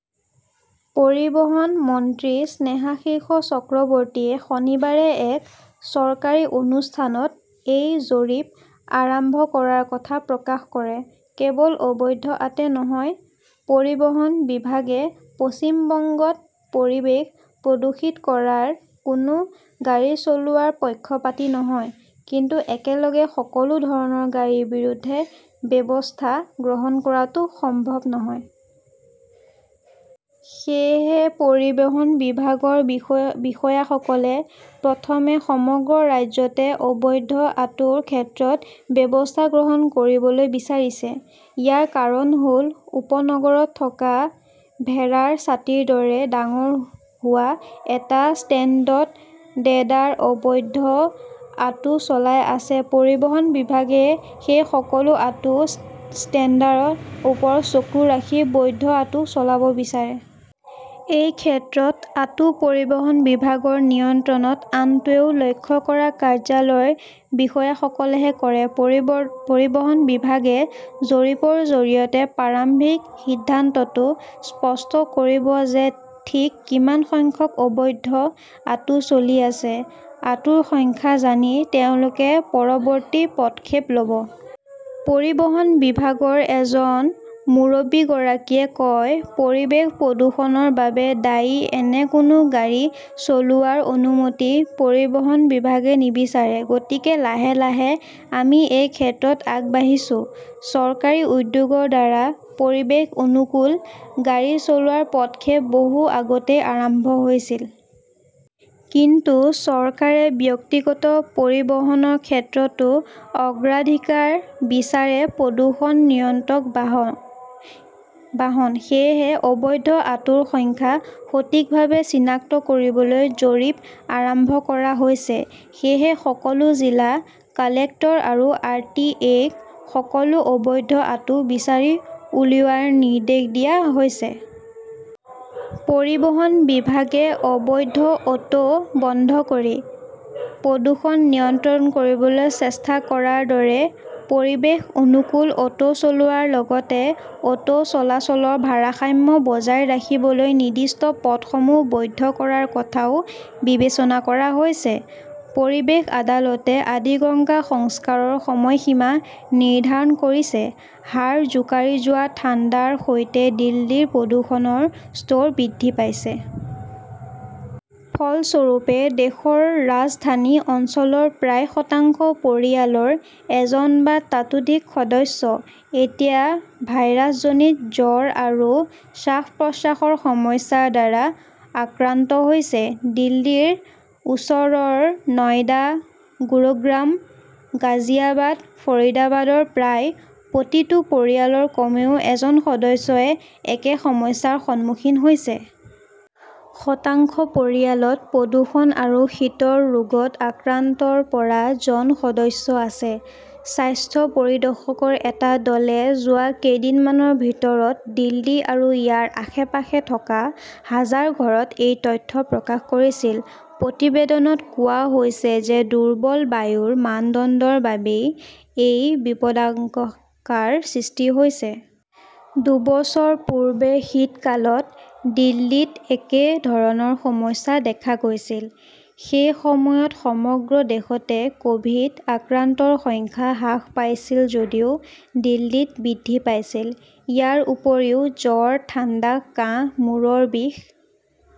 পৰিবহণ মন্ত্ৰী স্নেহাশীষ চক্ৰৱৰ্তীয়ে শনিবাৰে এক চৰকাৰী অনুষ্ঠানত এই জৰীপ আৰম্ভ কৰাৰ কথা প্ৰকাশ কৰে। কেৱল অবৈধ অটো নহয়, পৰিবহণ বিভাগে পশ্চিম বংগত পৰিৱেশ প্ৰদূষিত কৰা কোনো গাড়ী চলোৱাৰ পক্ষপাতী নহয়। কিন্তু একেলগে সকলো ধৰণৰ গাড়ীৰ বিৰুদ্ধে ব্যৱস্থা গ্ৰহণ কৰাটো সম্ভৱ নহয়। সেয়েহে, পৰিবহণ বিভাগৰ বিষয়াসকলে প্ৰথমে সমগ্ৰ ৰাজ্যতে অবৈধ অটোৰ ক্ষেত্ৰত ব্যৱস্থা গ্ৰহণ কৰিবলৈ বিচাৰিছে। ইয়াৰ কাৰণ হ "ল উপনগৰত থকা ভেড়াৰ ছাতিৰ দৰে ডাঙৰ হোৱা অটো ষ্টেণ্ডত দেদাৰে অবৈধ অটো চলাই আছে। পৰিবহণ বিভাগে সেই সকলো অটো ষ্টেণ্ডৰ ওপৰত চকু ৰাখি বৈধ অটো চলাব বিচাৰে। এই ক্ষেত্ৰত অটো পৰিবহণ বিভাগৰ নিয়ন্ত্ৰণত অনাটোও লক্ষ্য কৰা কাৰ্যালয়ৰ বিষয়াসকলেহে কৰে। পৰিবহণ বিভাগে জৰীপৰ জৰিয়তে প্ৰাৰম্ভিক সিদ্ধান্তটো স্পষ্ট কৰিব যে ঠিক কিমান সংখ্যক অবৈধ অটো চলি আছে। অটোৰ সংখ্যা জানি তেওঁলোকে পৰৱৰ্তী পদক্ষেপ ল "ব। পৰিবহণ বিভাগৰ এজন মুৰব্বীগৰাকীয়ে কয়, "পৰিৱেশ প্ৰদূষণৰ বাবে দায়ী এনে কোনো গাড়ী চলোৱাৰ অনুমতি পৰিবহণ বিভাগে নিবিচাৰে। গতিকে লাহে লাহে আমি এই ক্ষেত্ৰত আগবাঢ়িছো। চৰকাৰী উদ্যোগৰ দ্বাৰা পৰিৱেশ অনুকূল গাড়ী চলোৱাৰ পদক্ষেপ বহু আগতেই আৰম্ভ হৈছিল। কিন্তু চৰকাৰে ব্যক্তিগত পৰিবহণৰ ক্ষেত্ৰতো অগ্ৰাধিকাৰ বিচাৰে-প্ৰদূষণ নিয়ন্ত্ৰক বাহন। সেয়েহে অবৈধ অটোৰ সংখ্যা সঠিকভাৱে চিনাক্ত কৰিবলৈ জৰীপ আৰম্ভ কৰা হৈছে। "সেয়েহে সকলো জিলা কালেক্টৰ আৰু আৰ. টি. অ". ক সকলো অবৈধ অটো বিচাৰি উলিওৱাৰ নিৰ্দেশ দিয়া হৈছে। পৰিবহণ বিভাগে অবৈধ অটো বন্ধ কৰি প্ৰদূষণ নিয়ন্ত্ৰণ কৰিবলৈ চেষ্টা কৰাৰ দৰে পৰিৱেশ-অনুকূল অটো চলোৱাৰ লগতে অটো চলাচলৰ ভাৰসাম্য বজাই ৰাখিবলৈ নিৰ্দিষ্ট পথসমূহ বৈধ কৰাৰ কথাও বিবেচনা কৰা হৈছে। পৰিৱেশ আদালতে আদিগঙ্গা সংস্কাৰৰ সময়সীমা নিৰ্ধাৰণ কৰিছে হাড় জোকাৰি যোৱা ঠাণ্ডাৰ সৈতে দিল্লীৰ প্ৰদূষণৰ স্তৰ বৃদ্ধি পাইছে। ফলস্বৰূপে, দেশৰ ৰাজধানী অঞ্চলৰ প্ৰায় শতাংশ পৰিয়ালৰ এজন বা ততোধিক সদস্য এতিয়া ভাইৰাছজনিত জ্বৰ আৰু শ্বাস-প্ৰশ্বাসৰ সমস্যাৰ দ্বাৰা আক্ৰান্ত হৈছে। দিল্লীৰ ওচৰৰ নয়ডা, গুৰুগ্ৰাম, গাজিয়াবাদ, ফৰিদাবাদৰ প্ৰায় প্ৰতিটো পৰিয়ালৰ কমেও এজন সদস্যই একে সমস্যাৰ সন্মুখীন হৈছে। শতাংশ পৰিয়ালত প্ৰদূষণ আৰু শীতৰ ৰোগত আক্ৰান্ত ৰ পৰা জন সদস্য আছে। স্বাস্থ্য পৰিদৰ্শকৰ এটা দলে যোৱা কেইদিনমানৰ ভিতৰত দিল্লী আৰু ইয়াৰ আশে-পাশে থকা হাজাৰ ঘৰত এই তথ্য প্ৰকাশ কৰিছিল। প্ৰতিবেদনত কোৱা হৈছে যে দুৰ্বল বায়ুৰ মানদণ্ডৰ বাবেই এই বিপদাশংকাৰ সৃষ্টি হৈছে। দুবছৰ পূৰ্বে শীতকালত দিল্লীত একে ধৰণৰ সমস্যা দেখা গৈছিল। সেই সময়ত সমগ্ৰ দেশতে ক "ভিড আক্ৰান্তৰ সংখ্যা হ্ৰাস পাইছিল যদিও দিল্লীত বৃদ্ধি পাইছিল। ইয়াৰ উপৰিও জ্বৰ, ঠাণ্ডা, কাহ, মূৰৰ বিষ,